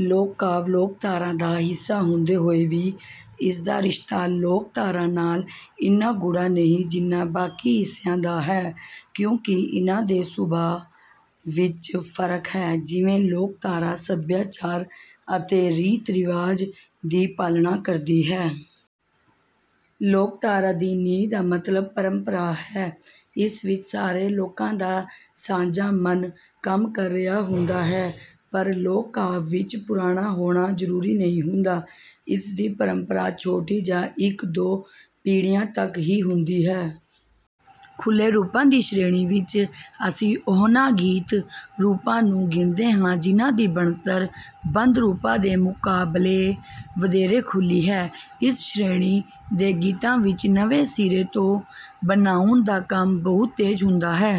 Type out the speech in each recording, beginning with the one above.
ਲੋਕ ਕਾਵਿ ਲੋਕਧਾਰਾ ਦਾ ਹਿੱਸਾ ਹੁੰਦੇ ਹੋਏ ਵੀ ਇਸਦਾ ਰਿਸ਼ਤਾ ਲੋਕਧਾਰਾ ਨਾਲ ਇੰਨਾ ਗੂੜ੍ਹਾ ਨਹੀਂ ਜਿੰਨਾ ਬਾਕੀ ਹਿੱਸਿਆਂ ਦਾ ਹੈ ਕਿਉਂਕਿ ਇਹਨਾਂ ਦੇ ਸੁਭਾਅ ਵਿੱਚ ਫਰਕ ਹੈ। ਜਿਵੇਂ ਲੋਕਧਾਰਾ ਸੱਭਿਆਚਾਰ ਅਤੇ ਰੀਤ ਰਿਵਾਜ ਦੀ ਪਾਲਣਾ ਕਰਦੀ ਹੈ। ਲੋਕਧਾਰਾ ਦੀ ਨੀਂਹ ਦਾ ਮਤਲਬ ਪਰੰਪਰਾ ਹੈ। ਇਸ ਵਿੱਚ ਸਾਰੇ ਲੋਕਾਂ ਦਾ ਸਾਂਝਾ ਮਨ ਕੰਮ ਕਰ ਰਿਹਾ ਹੁੰਦਾ ਹੈ ਪਰ ਲੋਕ ਕਾਵਿ ਵਿੱਚ ਪੁਰਾਣਾ ਹੋਣਾ ਜ਼ਰੂਰੀ ਨਹੀਂ ਹੁੰਦਾ। ਇਸਦੀ ਪਰੰਪਰਾ ਛੋਟੀ ਜਾਂ ਇੱਕ ਦੋ ਪੀੜੀਆਂ ਤੱਕ ਹੀ ਹੁੰਦੀ ਹੈ। ਖੁੱਲੇ ਰੂਪਾਂ ਦੀ ਸ਼੍ਰੇਣੀ ਵਿੱਚ ਅਸੀਂ ਉਹਨਾਂ ਗੀਤ ਰੂਪਾਂ ਨੂੰ ਗਿਣਦੇ ਹਾਂ ਜਿਨ੍ਹਾਂ ਦੀ ਬਣਤਰ ਬੰਦ ਰੂਪਾਂ ਦੇ ਮੁਕਾਬਲੇ ਵਧੇਰੇ ਖੁੱਲੀ ਹੈ। ਇਸ ਸ਼੍ਰੇਣੀ ਦੇ ਗੀਤਾਂ ਵਿੱਚ ਨਵੇਂ ਸਿਰੇ ਤੋਂ ਬਣਾਉਣ ਦਾ ਕੰਮ ਬਹੁਤ ਤੇਜ਼ ਹੁੰਦਾ ਹੈ।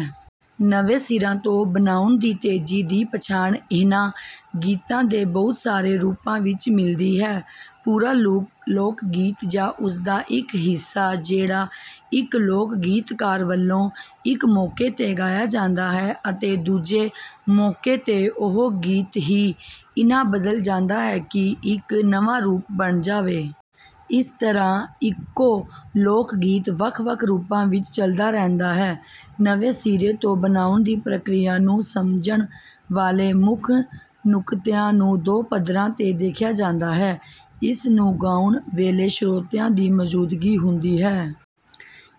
ਨਵੇਂ ਸਿਰੇ ਤੋਂ ਬਣਾਉਣ ਦੀ ਤੇਜ਼ੀ ਦੀ ਪਛਾਣ ਇਹਨਾਂ ਗੀਤਾਂ ਦੇ ਬਹੁਤ ਸਾਰੇ ਰੂਪਾਂ ਵਿੱਚ ਮਿਲਦੀ ਹੈ। ਪੂਰਾ ਲੋਕਗੀਤ ਜਾਂ ਉਸਦਾ ਇੱਕ ਹਿੱਸਾ ਜਿਹੜਾ ਇੱਕ ਲੋਕ ਗੀਤਕਾਰ ਵੱਲੋਂ ਇੱਕ ਮੌਕੇ ਤੇ ਗਾਇਆ ਜਾਂਦਾ ਹੈ ਅਤੇ ਦੂਜੇ ਮੌਕੇ ਤੇ ਉਹ ਗੀਤ ਹੀ ਇੰਨਾ ਬਦਲ ਜਾਂਦਾ ਹੈ ਕਿ ਇੱਕ ਨਵਾਂ ਰੂਪ ਬਣ ਜਾਵੇ। ਇਸ ਤਰ੍ਹਾਂ ਇੱਕੋ ਲੋਕਗੀਤ ਵੱਖ ਵੱਖ ਰੂਪਾਂ ਵਿੱਚ ਚੱਲਦਾ ਰਹਿੰਦਾ ਹੈ। ਨਵੇਂ ਸਿਰੇ ਤੋਂ ਬਣਾਉਣ ਦੀ ਪ੍ਰਕਿਰਿਆ ਨੂੰ ਸਮਝਣ ਵਾਲੇ ਮੁੱਖ ਨੁਕਤਿਆਂ ਨੂੰ ਦੋ ਪੱਧਰਾਂ ਤੇ ਦੇਖਿਆ ਜਾਂਦਾ ਹੈ। ਇਸ ਨੂੰ ਗਾਉਣ ਵੇਲੇ ਸਰੋਤਿਆਂ ਦੀ ਮੌਜੂਦਗੀ ਹੁੰਦੀ ਹੈ।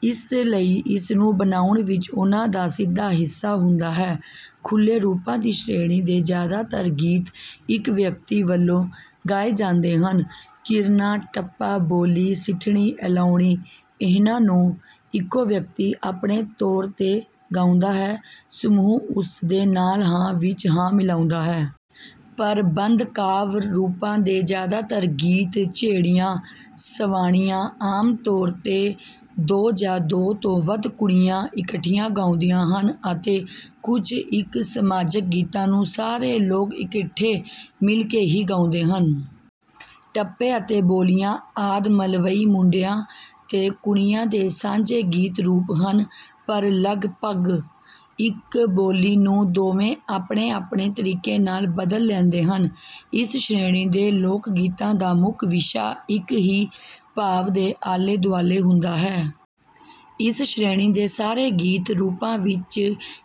ਇਸ ਲਈ ਇਸਨੂੰ ਬਣਾਉਣ ਵਿੱਚ ਉਹਨਾਂ ਦਾ ਸਿੱਧਾ ਹਿੱਸਾ ਹੁੰਦਾ ਹੈ। ਖੁੱਲੇ ਰੂਪਾਂ ਦੀ ਸ਼੍ਰੇਣੀ ਦੇ ਜ਼ਿਆਦਾਤਰ ਗੀਤ ਇੱਕ ਵਿਅਕਤੀ ਵੱਲੋਂ ਗਾਏ ਜਾਂਦੇ ਹਨ। ਕੀਰਨਾ ਟੱਪਾ ਬੋਲੀ ਸਿੱਠਣੀ ਅਲਾਹੁਣੀ ਇਹਨਾਂ ਨੂੰ ਇੱਕੋ ਵਿਅਕਤੀ ਆਪਣੇ ਤੌਰ ਤੇ ਗਾਉਂਦਾ ਹੈ ਸਮੂਹ ਉਸਦੇ ਨਾਲ ਹਾਂ ਵਿੱਚ ਹਾਂ ਮਿਲਾਉਂਦਾ ਹੈ। ਪਰ ਬੰਦ ਕਾਵਿ ਰੂਪਾਂ ਦੇ ਜ਼ਿਆਦਾਤਰ ਗੀਤ ਝੇੜੀਆਂ ਸਵਾਣੀਆਂ ਆਮ ਤੌਰ ਤੇ ਦੋ ਜਾਂ ਦੋ ਤੋਂ ਵੱਧ ਕੁੜੀਆਂ ਇਕੱਠੀਆਂ ਗਾਉਂਦੀਆਂ ਹਨ ਅਤੇ ਕੁਝ ਇੱਕ ਸਮਾਜਕ ਗੀਤਾਂ ਨੂੰ ਸਾਰੇ ਲੋਕ ਇਕੱਠੇ ਮਿਲ ਕੇ ਹੀ ਗਾਉਂਦੇ ਹਨ। ਟੱਪੇ ਅਤੇ ਬੋਲੀਆਂ ਆਦਿ ਮਲਵਈ ਮੁੰਡਿਆਂ ਤੇ ਕੁੜੀਆਂ ਦੇ ਸਾਂਝੇ ਗੀਤ ਰੂਪ ਹਨ ਪਰ ਲਗਪਗ ਇੱਕ ਬੋਲੀ ਨੂੰ ਦੋਵੇਂ ਆਪਣੇ ਆਪਣੇ ਤਰੀਕੇ ਨਾਲ ਬਦਲ ਲੈਂਦੇ ਹਨ। ਇਸ ਸ਼੍ਰੇਣੀ ਦੇ ਲੋਕਗੀਤਾਂ ਦਾ ਮੁੱਖ ਵਿਸ਼ਾ ਇੱਕ ਹੀ ਭਾਵ ਦੇ ਆਲੇ ਦੁਆਲੇ ਹੁੰਦਾ ਹੈ। ਇਸ ਸ਼੍ਰੇਣੀ ਦੇ ਸਾਰੇ ਗੀਤ ਰੂਪਾਂ ਵਿੱਚ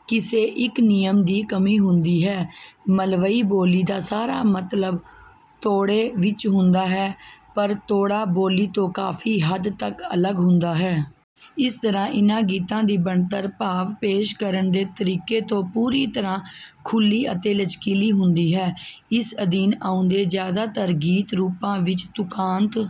ਕਿਸੇ ਇੱਕ ਨਿਯਮ ਦੀ ਕਮੀ ਹੁੰਦੀ ਹੈ। ਮਲਵਈ ਬੋਲੀ ਦਾ ਸਾਰਾ ਮਤਲਬ ਤੋੜੇ ਵਿੱਚ ਹੁੰਦਾ ਹੈ ਪਰ ਤੋੜਾ ਬੋਲੀ ਤੋਂ ਕਾਫੀ ਹੱਦ ਤੱਕ ਅਲੱਗ ਹੁੰਦਾ ਹੈ। ਇਸ ਤਰ੍ਹਾਂ ਇਹਨਾਂ ਗੀਤਾਂ ਦੀ ਬਣਤਰ ਭਾਵ ਪੇਸ਼ ਕਰਨ ਦੇ ਤਰੀਕੇ ਤੋਂ ਪੂਰੀ ਤਰ੍ਹਾਂ ਖੁੱਲੀ ਅਤੇ ਲਚਕੀਲੀ ਹੁੰਦੀ ਹੈ। ਇਸ ਅਧੀਨ ਆਉਂਦੇ ਜ਼ਿਆਦਾਤਰ ਗੀਤ ਰੂਪਾਂ ਵਿਚ ਤੁਕਾਂਤ